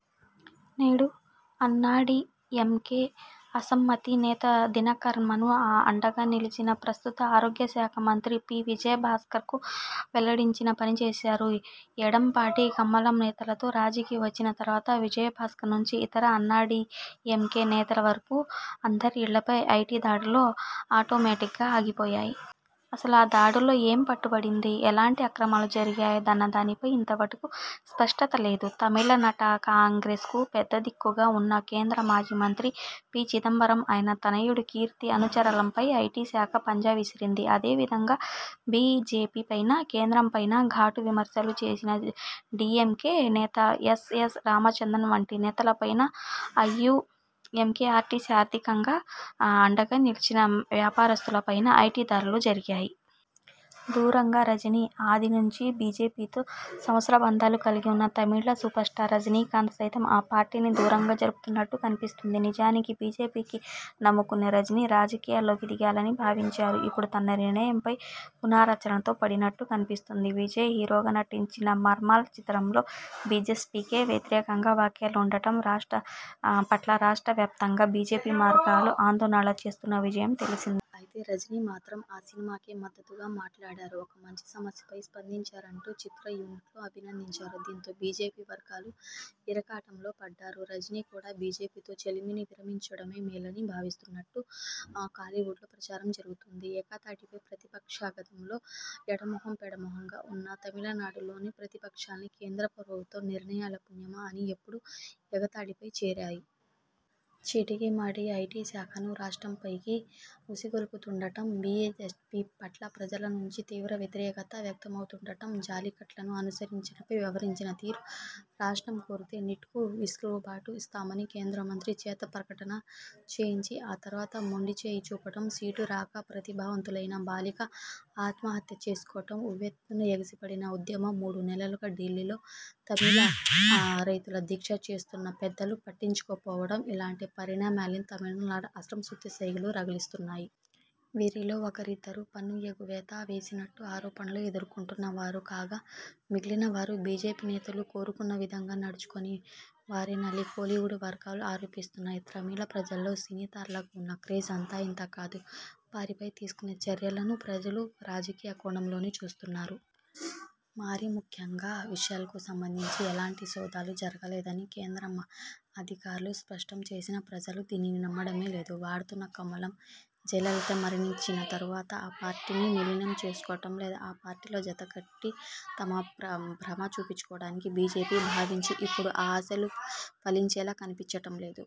నెడు అన్నాడీఎంకే అసమ్మతి నేత దినకరన్కు అండగా నిలిచిన ప్రస్తుత ఆరోగ్యశాఖ మంత్రి సి. విజయ భాస్కర్ను వెంటాడినంత పని చేశారు. ఎడప్పాడి కమలం నేతలతో రాజీకి వచ్చిన తర్వాత విజయ భాస్కర్ నుంచి ఇతర అన్నాడీఎంకే నేతల వరకు అందరి ఇళ్లపై ఐటీ దాడులు ఆటోమేటిక్గా ఆగిపోయాయి. అసలు ఆ దాడుల్లో ఏం పట్టుబడింది, ఎలాంటి అక్రమాలు జరిగాయన్నదానిపై ఇంతవరకూ స్పష్టత లేదు. తమిళనాట కాంగ్రె్సకు పెద్దదిక్కుగా వున్న కేంద్ర మాజీమంత్రి పి. చిదంబరం, ఆయన తనయుడు కార్తీ, అనుచరులపైనా ఐటీశాఖ పంజా విసిరింది. అదే విధంగా బీజేపీపైనా, కేంద్రంపైనా ఘాటు విమర్శలు చేసిన డీఎంకే నేత ఎస్ఎస్ రామచంద్రన్ వంటి నేతలపైనా, ఐయూఎంకేల్పార్టీకి ఆర్థికంగా అండగా నిలిచిన వ్యాపారులపైనా ఐటీ దాడులు జరిగాయి. దూరంగా రజనీ! ఆది నుంచి బీజేపీతో సత్సంబంధాలు కలిగివున్న తమిళ సూపర్స్టార్ రజనీకాంత్ సైతం ఆ పార్టీకి దూరంగా జరుగుతున్నట్లు కనిపిస్తోంది. నిజానికి బీజేపీని నమ్ముకునే రజనీ రాజకీయాల్లోకి దిగాలని భావించారు. ఇప్పుడు తన నిర్ణయంపై పునరాలోచనలో పడినట్లు కనిపిస్తోంది. విజయ్ హీరోగా నటించిన 'మెర్సల్' చిత్రంలో జీఎస్టీకి వ్యతిరేకంగా వ్యాఖ్యలుండడం పట్ల రాష్ట్ర వ్యాప్తంగా బీజేపీ వర్గాలు ఆందోళన చేస్తున్న విషయం తెలిసిందే. అయితే, రజనీ మాత్రం ఆ సినిమాకే మద్దతుగా మాట్లాడారు. ఒక మంచి సమస్యపై స్పందించారంటూ చిత్ర యూనిట్ను అభినందించారు. దీంతో బీజేపీ వర్గాలు ఇరకాటంలో పడ్డాయి. రజనీ కూడా బీజేపీతో చెలిమిని విరమించుకోవడమే మేలని భావిస్తున్నట్లు కోలీవుడ్లో ప్రచారం జరుగుతోంది. ఏకతాటిపై ప్రతిపక్షాలుగతంలో ఎడమొహం పెడమొహంగా ఉన్న తమిళనాడులోని ప్రతిపక్షాలన్నీ కేంద్ర ప్రభుత్వ నిర్ణయాల పుణ్యమా అని ఇప్పుడు ఏకతాటిపైకి చేరాయి. చీటికిమాటికీ ఐటీ శాఖను రాష్ట్రంపైకి ఉసిగొల్పుతుండడం, జీఎస్టీ పట్ల ప్రజల నుంచి తీవ్ర వ్యతిరేకత వ్యక్తమవుతుండడం, జల్లికట్టుకు అనుమతిపై వ్యవహరించిన తీరు, రాష్ట్రం కోరితే నీట్కు వెసులుబాటు ఇస్తామని కేంద్రమంత్రి చేత ప్రకటన చేయించి, ఆ తరువాత మొండిచేయి చూపడం, సీటు రాక ప్రతిభావంతులైన బాలిక ఆత్మహత్య చేసుకోవడంతో ఉవ్వెత్తున ఎగసిపడిన ఉద్యమం, మూడు నెలలుగా ఢిల్లీలో తమిళ రైతులు దీక్ష చేస్తున్నా పెద్దలు పట్టించుకోకపోవడం ఇలాంటి పరిణామాలన్నీ తమిళనాడులో అసంతృప్తి సెగలు రగిలిస్తున్నాయి. వీరిలో ఒకరిద్దరు పన్ను ఎగవేత వేసినట్లు ఆరోపణలు ఎదుర్కొన్నవారు కాగా మిగిలిన వారు బీజేపీ నేతలు కోరుకున్న విధంగా నడుచుకోని వారేనని కోలీవుడ్ వర్గాలు ఆరోపిస్తున్నాయి. తమిళ ప్రజల్లో సినీ తారలకు ఉన్న క్రేజ్ అంతా ఇంతా కాదు. వారిపై తీసుకునే చర్యలను ప్రజలు 'రాజకీయ కోణం'లోనే చూస్తున్నారు. మరీముఖ్యంగా విశాల్కు సంబంధించి ఎలాంటి సోదాలూ జరగలేదని కేంద్ర అధికారులు స్పష్టం చేసినా, ప్రజలు దీనిని నమ్మడంలేదు. వాడుతున్న కమలం! జయలలిత మరణించిన తరువాత ఆ పార్టీని విలీనం చేసుకోవడం, లేదా ఆ పార్టీతో జతకట్టి తమ ప్రభ పెంచుకోవాలని బీజేపీ భావించింది. ఇప్పుడు ఆ ఆశలు ఫలించేలా కనిపించడంలేదు.